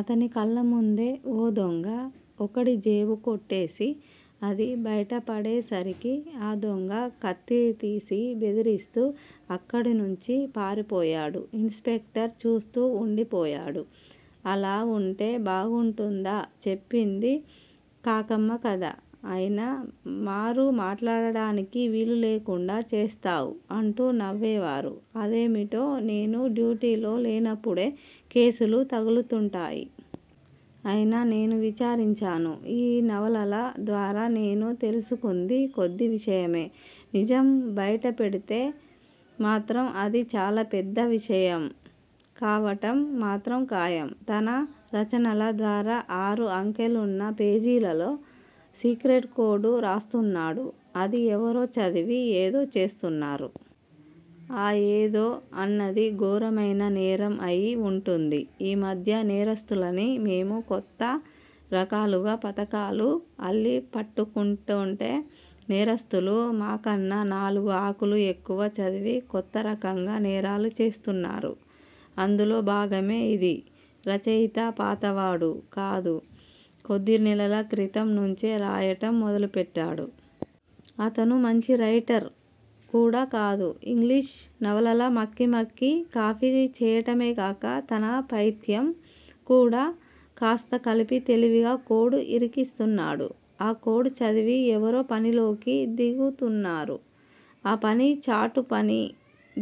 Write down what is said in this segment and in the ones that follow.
అతని కళ్ళముందే ఓ దొంగ ఒకడి జేబు కొట్టేసి అది బైటపడేసరికి ఆ దొంగ కత్తితీసి బెదిరిస్తూ అక్కడనుంచి పారిపోయాడు. ఇన్ స్పెక్టర్ చూస్తూ వుండిపోయాడు. అలా వుంటే బాగుంటుందా? చెప్పింది కాకమ్మ కధ అయినా మారు మాట్లాడటానికి వీలులేకుండా చేస్తావ్. అంటూ నవ్వేవారు. అదేమిటో నేను డ్యూటీలో లేనప్పుడే కేసులు తగులుతుంటాయి. అయినా నేను విచారించాను. ఈ నవలల ద్వారా నేను తెలుసుకుంది కొద్ది విషయమే. నిజం బైట పెడితే మాత్రం అది చాలా పెద్ద విషయం కావటం మాత్రం ఖాయం. తన రచనల ద్వారా ఆరు అంకెలున్న పేజీలలో సీక్రెట్ కోడ్ రాస్తున్నాడు. అది ఎవరో చదివి ఏదో చేస్తున్నారు. ఆ ఏదో అన్నది ఘోరమైన నేరం అయి వుంటుంది. ఈ మధ్య నేరస్తులని మేము కొత్త రకాలుగా పధకాలు అల్లి పట్టుకుంటుంటే నేరస్తులు మాకన్నా నాలుగు ఆకులు ఎక్కువ చదివి కొత్త రకంగా నేరాలు చేస్తున్నారు. అందులో భాగమే యిది. రచయిత పాతవాడు కాదు. కొద్ది నెలల క్రితం నుంచే రాయటం మొదలుపెట్టాడు. అతను మంచి రైటర్ కూడా కాదు. ఇంగ్లీషు నవలలు మక్కీ మక్కీ కాపీ చేయటమేగాక తన పైత్యం కూడా కాస్త కలిపి తెలివిగా కోడ్ ఇరికిస్తున్నాడు. ఆ కోడ్ చదివి ఎవరో పనిలోకి దిగుతున్నారు. ఆ పని చాటుపని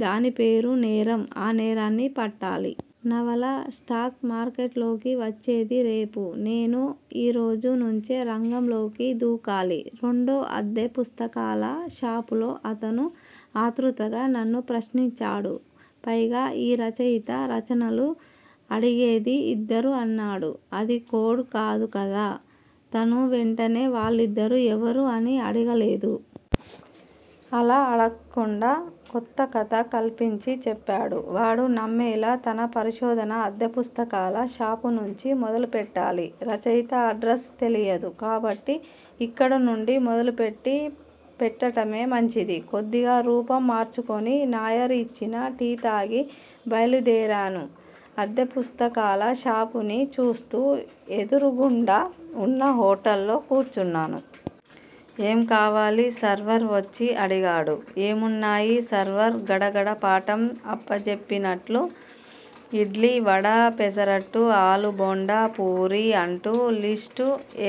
దానిపేరు నేరం. ఆ నేరాన్ని పట్టాలి. నవల స్టాక్ మార్కెట్ లోకి వచ్చేది రేపు. నేను ఈరోజు నుంచే రంగంలోకి దూకాలి. రెండో అద్దె పుస్తకాల షాపులో అతను ఆత్రుతగా నన్ను ప్రశ్నించాడు. పైగా యీ రచయిత రచనలు అడిగేది ఇద్దరు అన్నాడు. అది కోడ్ కాదు కదా! తను వెంటనే వాళ్ళిద్దరూ ఎవరు అని అడగలేదు. అలా అడక్కుండా కొత్త కధ కల్పించి చెప్పాడు. వాడు నమ్మేలా. తన పరిశోధన అద్దె పుస్తకాల షాపునుంచి మొదలుపెట్టాలి. రచయిత అడ్రస్ తెలియదు కాబట్టి ఇక్కడ నుంచి మొదలు పెట్టటమే మంచిది. కొద్దిగా రూపం మార్చుకుని నాయర్ ఇచ్చిన టీ తాగి బయలుదేరాను. అద్దె పుస్తకాల షాపుని చూస్తూ ఎదురుగుండా వున్న హోటల్లో కూర్చున్నాను. ఏం కావాలి! సర్వర్ వచ్చి అడిగాడు. ఏమున్నాయి! సర్వర్ గడగడ పాఠం అప్పజెప్పినట్లు ఇడ్లి వడ పెసరట్ ఆలూబోండా పూరి అంటూ లిష్ట్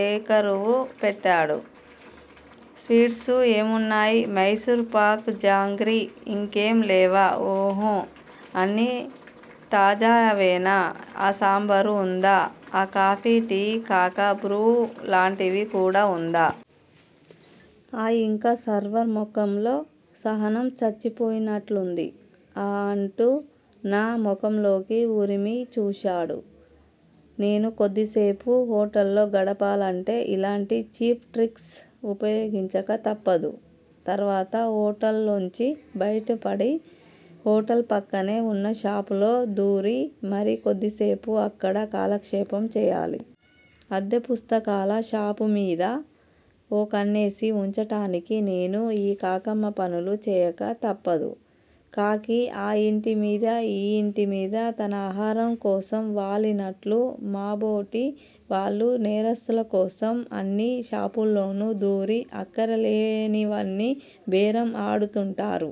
ఏకరువు పెట్టాడు. స్వీట్స్ ఏమున్నాయి! మైసూర్ పాక్ జాంగ్రీ! ఇంకేం లేవా? ఉహు! అన్నీ తాజావేనా! ఆ సాంబారు వుందా? ఆ కాఫీ టీ కాక బ్రూ లాంటివి కూడా వుందా? ఆ ఇంక సర్వర్ ముఖంలో సహనం చచ్చిపోయినట్లుంది. ఆ అంటూ నా ముఖంలోకి ఉరిమి చూశాడు. నేను కొద్దిసేపు హోటల్లో గడపాలంటే ఇలాంటి చీప్ ట్రిక్స్ ఉపయోగించక తప్పదు. తర్వాత హోటల్లోంచి బయటపడి హోటల్ పక్కనే వున్న షాపులో దూరి మరి కొద్దిసేపు అక్కడ కాలక్షేపం చేయాలి. అద్దె పుస్తకాల షాపుమీద ఓ కన్నేసి వుంచటానికి నేను యీ కాకమ్మ పనులు చేయక తప్పదు. కాకి ఆ ఇంటి మీద యీ ఇంటిమీద తన ఆహారం కోసం వాలినట్లు మాబోటి వాళ్ళు నేరస్తుల కోసం అన్ని షాపుల్లోను దూరి అక్కరలేనివన్నీ బేరం ఆడుతుంటారు.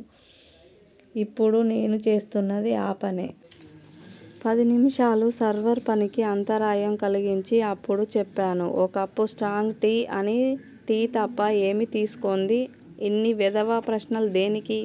ఇప్పుడు నేను చేస్తున్నది ఆపనే. పది నిమిషాలు సర్వర్ పనికి అంతరాయం కలిగించి అప్పుడు చెప్పాను. ఓ కప్పు స్ట్రాంగ్ టీ అని టీ తప్ప ఏమీ తీసుకోంది ఇన్ని వెధవ ప్రశ్నలు దేనికి!